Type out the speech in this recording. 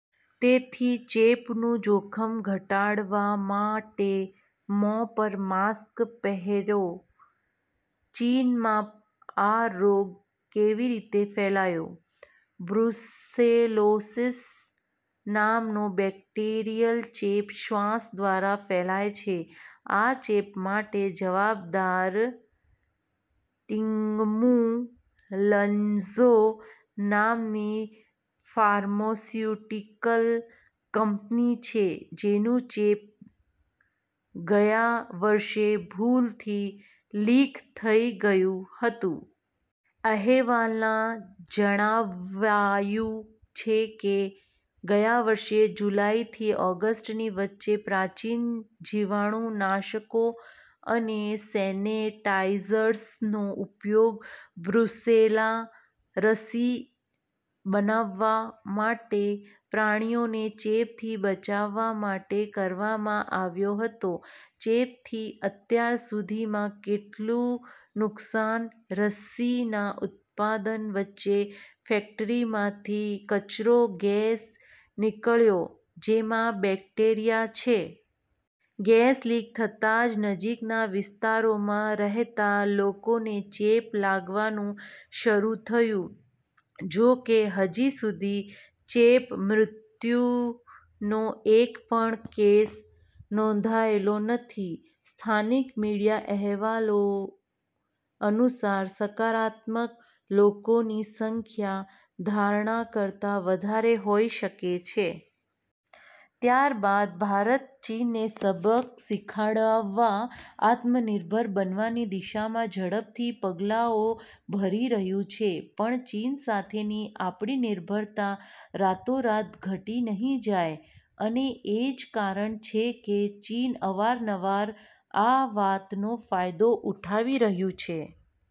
તેથી, ચેપનું જોખમ ઘટાડવા માટે, મોં પર માસ્ક પહેરો. ચીનમાં આ રોગ કેવી રીતે ફેલાયો? બ્રુસેલોસિસ નામનો બેક્ટેરિયલ ચેપ શ્વાસ દ્વારા ફેલાય છે. આ ચેપ માટે જવાબદાર ોંગ્મુ લ ન્ઝો નામની ફાર્માસ્યુટિકલ કંપની છે, જેનું ચેપ ગયા વર્ષે ભૂલથી લિક થઈ ગયું હતું. અહેવાલમાં જણાવાયું છે કે ગયા વર્ષે જુલાઈથી ઓગસ્ટની વચ્ચે પ્રાચીન જીવાણુનાશકો અને સેનિટાઇઝર્સનો ઉપયોગ બ્રુસેલા રસી બનાવવા માટે પ્રાણીઓને ચેપથી બચાવવા માટે કરવામાં આવ્યો હતો. ચેપથી અત્યાર સુધીમાં કેટલું નુકસાન? રસીના ઉત્પાદન વચ્ચે ફેક્ટરીમાંથી કચરો ગેસ નીકળ્યો, જેમાં બેક્ટેરિયા છે. ગેસ લીક થતાં જ નજીકના વિસ્તારોમાં રહેતા લોકોને ચેપ લાગવાનું શરૂ થયું. જો કે, હજી સુધી ચેપ મૃત્યુનો એક પણ કેસ નોંધાયેલો નથી. સ્થાનિક મીડિયા અહેવાલો અનુસાર, સકારાત્મક લોકોની સંખ્યા ધારણા કરતા વધારે હોઈ શકે છે. ત્યાર બાદ ભારત ચીનને સબક શીખવાડવા આત્મનિર્ભર બનવાની દિશામાં ઝડપથી પગલાંઓ ભરી રહ્યું છે. પણ ચીન સાથેની આપણી નિર્ભરતા રાતોરાત ઘટી નહીં જાય. અને એ જ કારણ છે કે, ચીન અવારનવાર આ વાતનો ફાયદો ઉઠાવી રહ્યું છે.